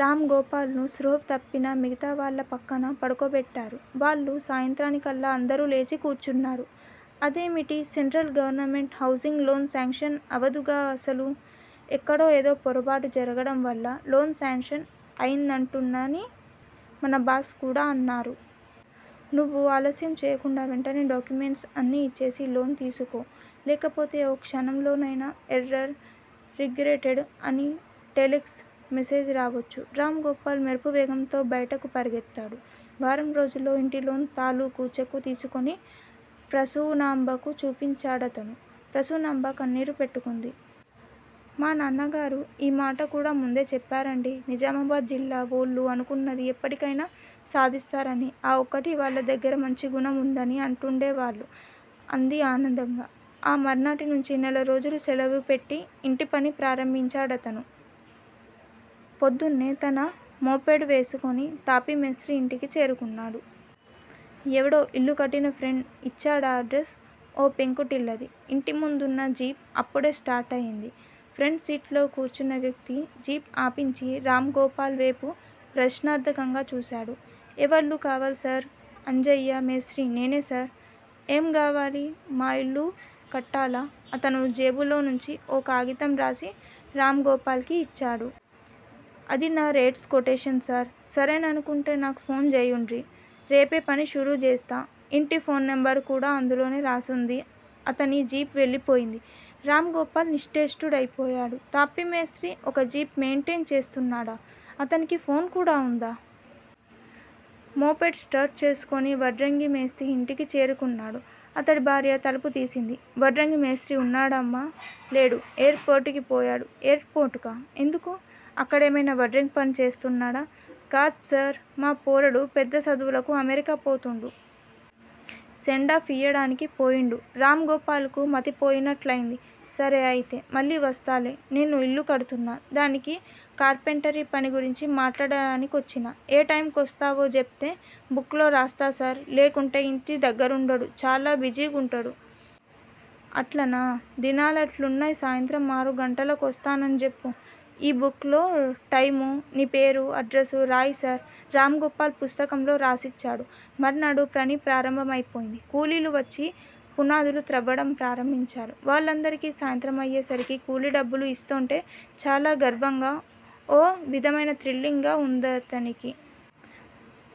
రామ్ గోపాల్ ను స్పృహ తప్పిన మిగతావాళ్ళ పక్కన పడుకోబెట్టారు వాళ్ళు. సాయంత్రానికల్లా అందరూ లేచి కూర్చున్నారు. అదేమిటి? Central government housing loan sanction అవదుగా అసలు? ఎక్కడో ఏదో పొరబాటు జరగడం వల్ల లోన్ శాంక్షన్ అయుంటుందని మన బాస్ కూడా అన్నారు. నువ్వు ఆలస్యం చెయ్యకుండా వెంటనే డాక్యుమెంట్స్ అన్నీ ఇచ్చేసి లోన్ తీసేసుకో. లేకపోతే ఓ క్షణంలోనైనా ఎర్రర్ రిగ్రెటెడ్ అని టెలెక్స్ మెసేజ్ రావచ్చు- రామ్ గోపాల్ మెరుపువేగంతో బయటకు పరుగెత్తాడు. వారంరోజుల్లో ఇంటి లోన్ తాలూకూ చెక్కు తీసుకొచ్చి ప్రసూనాంబకు చూపించాడతను. ప్రసూనాంబ కన్నీరు పెట్టుకుంది. మా నాన్నగారు ఈ మాట కూడా ముందే చెప్పారండీ! నిజామాబాద్ జిల్లా వోళ్ళు అనుకున్నది ఎప్పటికైనా సాధిస్తారని, ఆ ఒక్కటీ వాళ్ళ దగ్గర మంచి గుణం ఉందని అంటూండేవాళ్ళు అంది ఆనందంగా. ఆ మర్నాటినుంచీ నెల రోజులు సెలవుపెట్టి ఇంటి పని ప్రారంభించాడతను. పొద్దున్నే తన మోపెడ్ వేసుకుని తాపీ మేస్త్రీ ఇంటికి చేరుకున్నాడు. ఎవడో ఇల్లు కట్టిన ఫ్రెండ్ ఇచ్చాడా అడ్రస్. ఓ పెంకుటిల్లది. ఇంటి ముందున్న జీప్ అప్పుడే స్టార్టయింది. ఫ్రంట్ సీట్లో కూర్చున్న వ్యక్తి జీప్ ఆపించి, రామ్ గోపాల్ వేపు ప్రశ్నార్థకంగా చూశాడు. ఎవళ్ళు కావాల్సార్? అంజయ్య మేస్త్రి నేనే సార్! ఏం గావాలి? మా ఇల్లు కట్టాల అతను జేబులోనుంచి ఓ కాగితం తీసి రామ్ గోపాల్ కిచ్చాడు. అది నా రేట్స్ కొటేషన్ సార్! సరేననుకుంటే నాకు ఫోన్ జేయండ్రి! రేపే పని షురుజేస్త. ఇంటి ఫోన్ నెంబర్ కూడా అందులోనే రాసుంది అతని జీప్ వెళ్ళిపోయింది. రామ్ గోపాల్ నిశ్చేష్టుడైపోయాడు. తాపీ మేస్త్రీ ఒక జీప్ మెయింటెయిన్ చేస్తున్నాడా? అతనింటికి ఫోన్ కూడా ఉందా? మోపెడ్ స్టార్ట్ చేసుకుని వడ్రంగి మేస్త్రీ ఇంటికి చేరుకున్నాడు. అతని భార్య తలుపు తీసింది. వడ్రంగి మేస్త్రీ ఉన్నాడామ్మా? లేడు. ఎయిర్ పోర్ట్ కి పోయిండు ఎయిర్ పోర్టుకా? ఎందుకు? అక్కడేమయినా వడ్రంగి పని చేస్తున్నాడా? కాద్సార్! మా పోరడు పెద్ద సదువులకు అమెరికా పోతుండు. సెండాఫ్ ఇయ్యడానికి పోయిండు. రామ్ గోపాల్ కు మతి పోయినట్లయింది. సరే! అయితే మళ్ళీ వస్తాలే. నేను ఇల్లు కడుతున్నా! దానికి కార్పెంటరీ పని గురించి మాట్లాడాని కొచ్చినా ఏ టైమ్ కొస్తవో జెప్తే బుక్ లో రాస్తా సార్! లేకుంటే ఇంటి దగ్గరుండడు. చాలా బిజీగుంటడు. అట్లనా! దినాలట్లున్నయ్, సాయంత్రం ఆరు గంటల కొస్తానన్జెప్పు ఈ బుక్ లో టైమూ, నీ పేరూ అడ్రసూ రాయ్ సార్ రామ్ గోపాల్ పుస్తకంలో రాసిచ్చాడు. మర్నాడు పని ప్రారంభమైపోయింది. కూలీలు వచ్చి పునాదులు త్రవ్వడం ప్రారంభించారు. వాళ్ళందరికీ సాయంత్రమయ్యేసరికి కూలీ డబ్బు ఇస్తోంటే చాలా గర్వంగా, ఓ విధమైన థ్రిల్లింగ్ గా ఉందతనికి.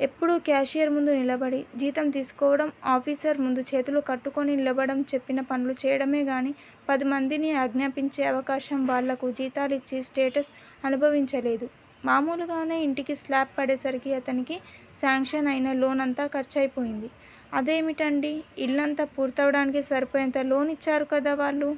ఎప్పుడూ కాషియర్ ముందు నిలబడి జీతం తీసుకోవడం, ఆఫీసర్ ముందు చేతులు కట్టుకుని నిలబడి చెప్పిన పనులు చేయడమేగానీ, పదిమందిని ఆజ్ఞాపించే అవకాశం, వాళ్ళకు జీతాలిచ్చే స్టేటస్ అనుభవించలేదు. మామూలుగానే ఇంటికి స్లాబ్ పడేసరికి అతనికి శాంక్షన్ అయిన లోన్ అంతా ఖర్చయిపోయింది. అదేమిటండీ! ఇల్లంతా పూర్తవడానికి సరిపోయేంత లోన్ ఇచ్చారు కదా వాళ్ళు?